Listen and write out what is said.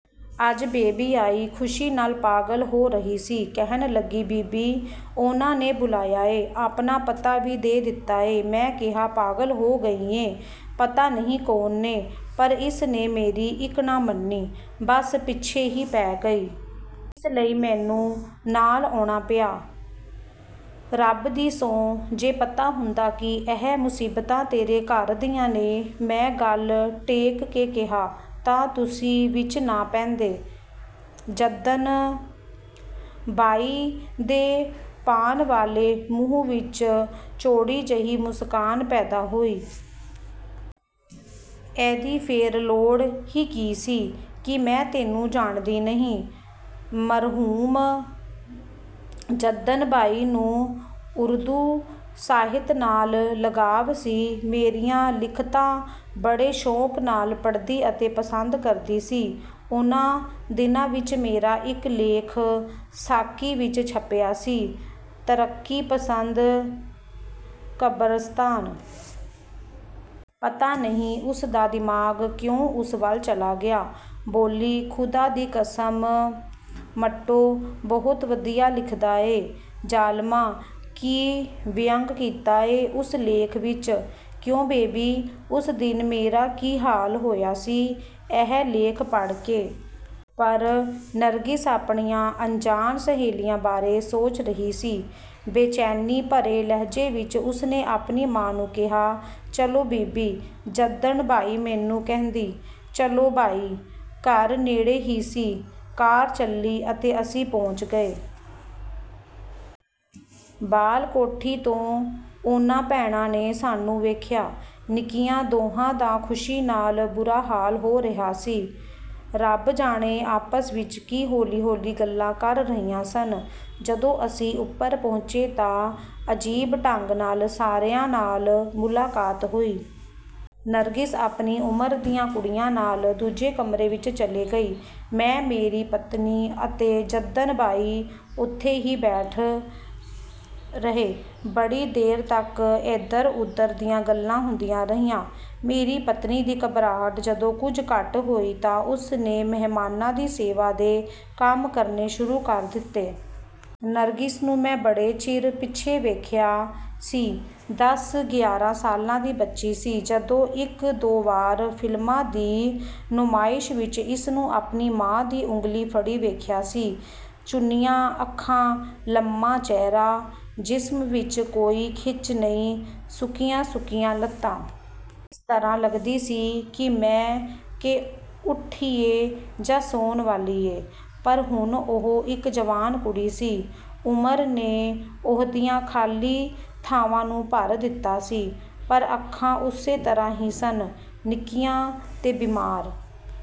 ਅੱਜ ਬੇਬੀ ਆਈ, ਖੁਸ਼ੀ ਨਾਲ ਪਾਗਲ ਹੋ ਰਹੀ ਸੀ, ਕਹਿਣ ਲੱਗੀ, ਬੀਬੀ! ਉਨ੍ਹਾਂ ਨੇ ਬੁਲਾਇਆ ਏ। ਆਪਣਾ ਪਤਾ ਵੀ ਦੇ ਦਿੱਤਾ ਏ। ਮੈਂ ਕਿਹਾ, ਪਾਗਲ ਹੋ ਗਈ ਏਂ। ਪਤਾ ਨਹੀਂ ਕੌਣ ਨੇ। ਪਰ ਇਸ ਨੇ ਮੇਰੀ ਇੱਕ ਨਾ ਮੰਨੀ, ਬਸ ਪਿੱਛੇ ਹੀ ਪੈ ਗਈ। ਇਸ ਲਈ ਮੈਨੂੰ ਨਾਲ ਆਉਣਾ ਪਿਆ। ਰੱਬ ਦੀ ਸਹੁੰ, ਜੇ ਪਤਾ ਹੁੰਦਾ ਕਿ ਇਹ ਮੁਸੀਬਤਾਂ ਤੇਰੇ ਘਰ ਦੀਆਂ ਨੇ। ਮੈਂ ਗੱਲ ਟੋਕ ਕੇ ਕਿਹਾ, ਤਾਂ ਤੁਸੀਂ ਵਿਚ ਨਾ ਪੈਂਦੇ। ਜੱਦਨ ਬਾਈ ਦੇ ਪਾਨ ਵਾਲੇ ਮੂੰਹ ਵਿੱਚ ਚੌੜੀ ਜਿਹੀ ਮੁਸਕਾਨ ਪੈਦਾ ਹੋਈ। ਇਹਦੀ ਫਿਰ ਲੋੜ ਹੀ ਕੀ ਸੀ। ਕੀ ਮੈਂ ਤੈਨੂੰ ਜਾਣਦੀ ਨਹੀਂ। ਮਰਹੂਮ ਜੱਦਨ ਬਾਈ ਨੂੰ ਉਰਦੂ ਸਾਹਿਤ ਨਾਲ ਲਗਾਅ ਸੀ। ਮੇਰੀਆਂ ਲਿਖਤਾਂ ਬੜੇ ਸ਼ੌਂਕ ਨਾਲ ਪੜ੍ਹਦੀ ਅਤੇ ਪਸੰਦ ਕਰਦੀ ਸੀ। ਉਨ੍ਹਾਂ ਦਿਨਾਂ ਵਿੱਚ ਮੇਰਾ ਇੱਕ ਲੇਖ ਸਾਕੀ ਵਿੱਚ ਛਪਿਆ ਸੀ ਤਰੱਕੀ-ਪਸੰਦ ਕਬਰਸਤਾਨ। ਪਤਾ ਨਹੀਂ ਉਸ ਦਾ ਦਿਮਾਗ ਕਿਉਂ ਉਸ ਵੱਲ ਚਲਾ ਗਿਆ, ਬੋਲੀ, ਖੁਦਾ ਦੀ ਕਸਮ ਮੰਟੋ, ਬਹੁਤ ਵਧੀਆ ਲਿਖਦਾ ਏਂ। ਜ਼ਾਲਮਾ, ਕੀ ਵਿਅੰਗ ਕੀਤਾ ਏ ਉਸ ਲੇਖ ਵਿੱਚ। ਕਿਉਂ ਬੇਬੀ, ਉਸ ਦਿਨ ਮੇਰਾ ਕੀ ਹਾਲ ਹੋਇਆ ਸੀ ਇਹ ਲੇਖ ਪੜ੍ਹ ਕੇ। ਪਰ ਨਰਗਿਸ ਆਪਣੀਆਂ ਅਣਜਾਣ ਸਹੇਲੀਆਂ ਬਾਰੇ ਸੋਚ ਰਹੀ ਸੀ। ਬੇਚੈਨੀ ਭਰੇ ਲਹਿਜ਼ੇ ਵਿੱਚ ਉਸ ਨੇ ਆਪਣੀ ਮਾਂ ਨੂੰ ਕਿਹਾ, ਚਲੋ ਬੀਬੀ। ਜੱਦਨ ਬਾਈ ਮੈਨੂੰ ਕਹਿੰਦੀ, ਚਲੋ ਭਾਈ। ਘਰ ਨੇੜੇ ਹੀ ਸੀ। ਕਾਰ ਚੱਲੀ ਅਤੇ ਅਸੀਂ ਪਹੁੰਚ ਗਏ। ਬਾਲਕੋਨੀ ਤੋਂ ਤਿੰਨਾਂ ਭੈਣਾਂ ਨੇ ਸਾਨੂੰ ਵੇਖਿਆ। ਨਿੱਕੀਆਂ ਦੋਹਾਂ ਦਾ ਖੁਸ਼ੀ ਨਾਲ ਬੁਰਾ ਹਾਲ ਹੋ ਰਿਹਾ ਸੀ। ਰੱਬ ਜਾਣੇ ਆਪਸ ਵਿੱਚ ਕੀ ਹੌਲੀ ਹੌਲੀ ਗੱਲਾਂ ਕਰ ਰਹੀਆਂ ਸਨ। ਜਦੋਂ ਅਸੀਂ ਉੱਪਰ ਪਹੁੰਚੇ ਤਾਂ ਅਜੀਬ ਢੰਗ ਨਾਲ ਸਾਰਿਆਂ ਨਾਲ ਮੁਲਾਕਾਤ ਹੋਈ। ਨਰਗਿਸ ਆਪਣੀ ਉਮਰ ਦੀਆਂ ਕੁੜੀਆਂ ਨਾਲ ਦੂਜੇ ਕਮਰੇ ਵਿੱਚ ਚਲੀ ਗਈ। ਮੈਂ, ਮੇਰੀ ਪਤਨੀ ਅਤੇ ਜੱਦਨ ਬਾਈ ਉੱਥੇ ਹੀ ਬੈਠੇ ਰਹੇ। ਬੜੀ ਦੇਰ ਤੱਕ ਏਧਰ ਉਧਰ ਦੀਆਂ ਗੱਲਾਂ ਹੁੰਦੀਆਂ ਰਹੀਆਂ। ਮੇਰੀ ਪਤਨੀ ਦੀ ਘਬਰਾਹਟ ਜਦੋਂ ਕੁਝ ਘੱਟ ਹੋਈ ਤਾਂ ਉਸ ਨੇ ਮਹਿਮਾਨਾਂ ਦੀ ਸੇਵਾ ਦੇ ਕੰਮ ਕਰਨੇ ਸ਼ੁਰੂ ਕਰ ਦਿੱਤੇ। ਨਰਗਿਸ ਨੂੰ ਮੈਂ ਬੜੇ ਚਿਰ ਪਿੱਛੋਂ ਵੇਖਿਆ ਸੀ। ਦਸ ਗਿਆਰਾਂ ਸਾਲਾਂ ਦੀ ਬੱਚੀ ਸੀ, ਜਦੋਂ ਇੱਕ ਦੋ ਵਾਰ ਫ਼ਿਲਮਾਂ ਦੀ ਨੁਮਾਇਸ਼ ਵਿੱਚ ਇਸ ਨੂੰ ਆਪਣੀ ਮਾਂ ਦੀ ਉਂਗਲੀ ਫੜੀ ਵੇਖਿਆ ਸੀ। ਚੁੰਨੀਆਂ ਅੱਖਾਂ, ਲੰਮਾ ਚਿਹਰਾ, ਜਿਸਮ ਵਿੱਚ ਕੋਈ ਖਿੱਚ ਨਹੀਂ, ਸੁੱਕੀਆਂ ਸੁੱਕੀਆਂ ਲੱਤਾਂ। ਇਸ ਤਰ੍ਹਾਂ ਲੱਗਦੀ ਸੀ ਕਿ ਸੌਂ ਕੇ ਉੱਠੀ ਏ ਜਾਂ ਸੌਣ ਵਾਲੀ ਏ, ਪਰ ਹੁਣ ਉਹ ਇੱਕ ਜਵਾਨ ਕੁੜੀ ਸੀ। ਉਮਰ ਨੇ ਉਹਦੀਆਂ ਖਾਲੀ ਥਾਵਾਂ ਨੂੰ ਭਰ ਦਿੱਤਾ ਸੀ, ਪਰ ਅੱਖਾਂ ਉਸੇ ਤਰ੍ਹਾਂ ਹੀ ਸਨ, ਨਿੱਕੀਆਂ ਤੇ ਬਿਮਾਰ